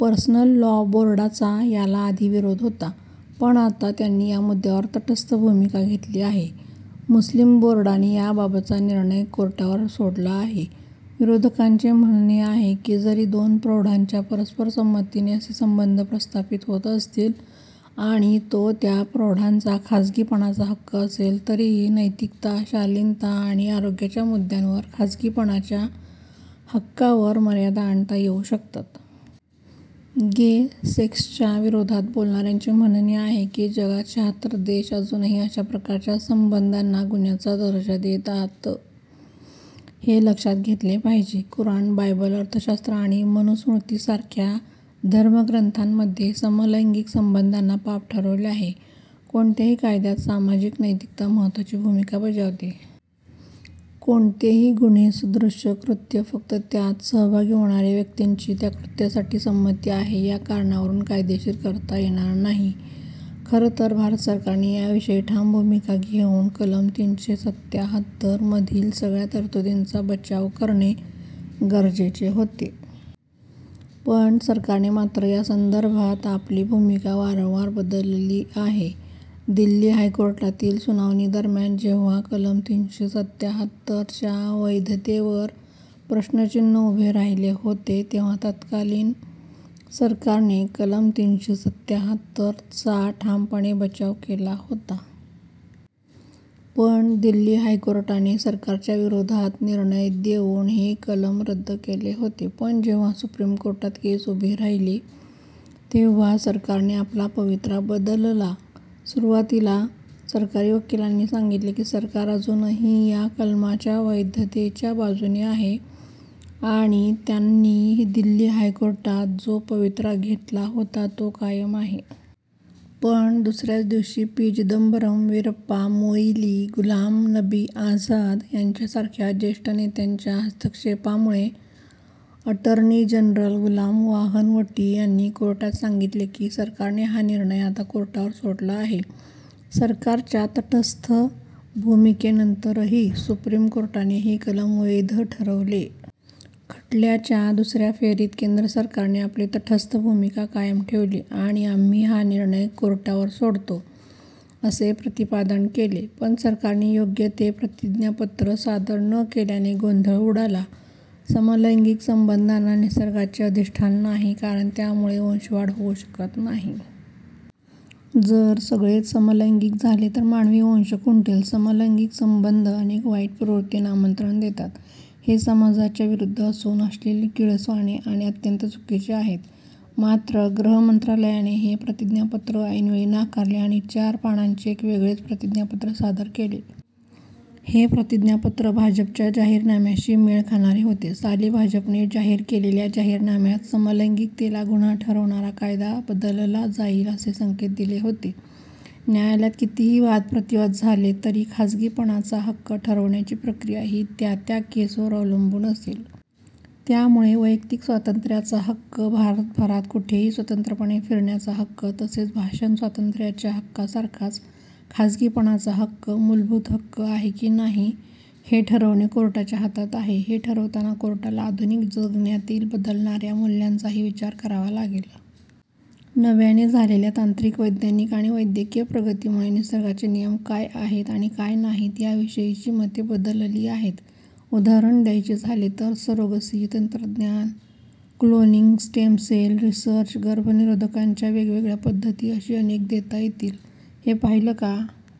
Personal law बोर्डाचा याला आधी विरोध होता पण आता त्यांनी या मुद्द्यावर तटस्थ भूमिका घेतली आहे. मुस्लीम बोर्डाने याबाबतचा निर्णय कोर्टावर सोडला आहे. विरोधकांचे म्हणणे आहे की जरी दोन प्रौढांच्या परस्पर संमतीने असे संबंध प्रस्थापित होत असतील आणि तो त्या प्रौढांचा खाजगीपणाचा हक्क असेल तरीही नैतिकता, शालीनता आणि आरोग्याच्या मुद्द्यांवर खाजगीपणाच्या हक्कावर मर्यादा आणता येऊ शकतात. गे-सेक्सच्या विरोधात बोलणाऱ्यांचे म्हणणे आहे की जगात शहात्तर देश अजूनही अशा प्रकारच्या संबंधांना गुन्ह्याचा दर्जा देतात हे लक्षात घेतले पाहिजे. कुराण, बायबल, अर्थशास्त्र आणि मनुस्मृतीसारख्या धर्मग्रंथांमध्ये समलैंगिक संबंधांना पाप ठरवले आहे. कोणत्याही कायद्यात सामाजिक नैतिकता महत्त्वाची भूमिका बजावते. कोणतेही गुन्हेसदृश कृत्य फक्त त्यात सहभागी होणाऱ्या व्यक्तींची त्या कृत्यासाठी संमती आहे या कारणावरून कायदेशीर करता येणार नाही. खरं तर भारत सरकारने याविषयी ठाम भूमिका घेऊन कलम तीनशे सत्याहत्तर मधील सगळ्या तरतुदींचा बचाव करणे गरजेचे होते. पण सरकारने मात्र या संदर्भात आपली भूमिका वारंवार बदलली आहे. दिल्ली हायकोर्टातील सुनावणीदरम्यान जेव्हा कलम तीनशे सत्याहत्तर च्या वैधतेवर प्रश्नचिन्ह उभे राहिले होते, तेव्हा तत्कालीन सरकारने कलम तीनशे सत्याहत्तर चा ठामपणे बचाव केला होता. पण दिल्ली हायकोर्टाने सरकारच्या विरोधात निर्णय देऊन हे कलम रद्द केले होते. पण जेव्हा सुप्रीम कोर्टात केस उभी राहिली तेव्हा सरकारने आपला पवित्रा बदलला. सुरुवातीला सरकारी वकिलांनी सांगितले की सरकार अजूनही या कलमाच्या वैधतेच्या बाजूने आहे आणि त्यांनी दिल्ली हायकोर्टात जो पवित्रा घेतला होता तो कायम आहे. पण दुसऱ्याच दिवशी, पी. चिदंबरम, वीरप्पा मोईली, गुलाम नबी आझाद यांच्यासारख्या ज्येष्ठ नेत्यांच्या हस्तक्षेपामुळे अटर्नी जनरल गुलाम वाहनवटी यांनी कोर्टात सांगितले की सरकारने हा निर्णय आता कोर्टावर सोडला आहे. सरकारच्या तटस्थ भूमिकेनंतरही सुप्रीम कोर्टाने हे कलम वैध ठरवले. खटल्याच्या दुसऱ्या फेरीत केंद्र सरकारने आपली तटस्थ भूमिका कायम ठेवली आणि 'आम्ही हा निर्णय कोर्टावर सोडतो,' असे प्रतिपादन केले. पण सरकारने योग्य ते प्रतिज्ञापत्र सादर न केल्याने गोंधळ उडाला. समलैंगिक संबंधांना निसर्गाचे अधिष्ठान नाही कारण त्यामुळे वंशवाढ होऊ शकत नाही. जर सगळेच समलैंगिक झाले तर मानवी वंश खुंटेल. समलैंगिक संबंध अनेक वाईट प्रवृत्तींना आमंत्रण देतात. हे समाजाच्या विरुद्ध असून, अश्लील, किळसवाणे आणि अत्यंत चुकीचे आहेत. मात्र गृह मंत्रालयाने हे प्रतिज्ञापत्र ऐनवेळी नाकारले आणि चार पानांचे एक वेगळेच प्रतिज्ञापत्र सादर केले. हे प्रतिज्ञापत्र भाजपच्या जाहीरनाम्याशी मेळ खाणारे होते. साली भाजपने जाहीर केलेल्या जाहीरनाम्यात समलैंगिकतेला गुन्हा ठरवणारा कायदा बदलला जाईल असे संकेत दिले होते. न्यायालयात कितीही वादप्रतिवाद झाले तरी खाजगीपणाचा हक्क ठरवण्याची प्रक्रिया ही त्या त्या केसवर अवलंबून असेल. त्यामुळे वैयक्तिक स्वातंत्र्याचा हक्क, भारतभरात कुठेही स्वतंत्रपणे फिरण्याचा हक्क, तसेच भाषणस्वातंत्र्याच्या हक्कासारखाच खाजगीपणाचा हक्क मूलभूत हक्क आहे की नाही हे ठरवणे कोर्टाच्या हातात आहे. हे ठरवताना कोर्टाला आधुनिक जगण्यातील बदलणाऱ्या मूल्यांचाही विचार करावा लागेल. नव्याने झालेल्या तांत्रिक, वैज्ञानिक, आणि वैद्यकीय प्रगतीमुळे निसर्गाचे नियम काय आहेत आणि काय नाहीत याविषयीची मते बदलली आहेत. उदाहरण द्यायचे झाले तर सरोगसी, तंत्रज्ञान, क्लोनिंग, स्टेम सेल रिसर्च, गर्भनिरोधकांच्या वेगवेगळ्या पद्धती अशी अनेक देता येतील. हे पाहिलं का?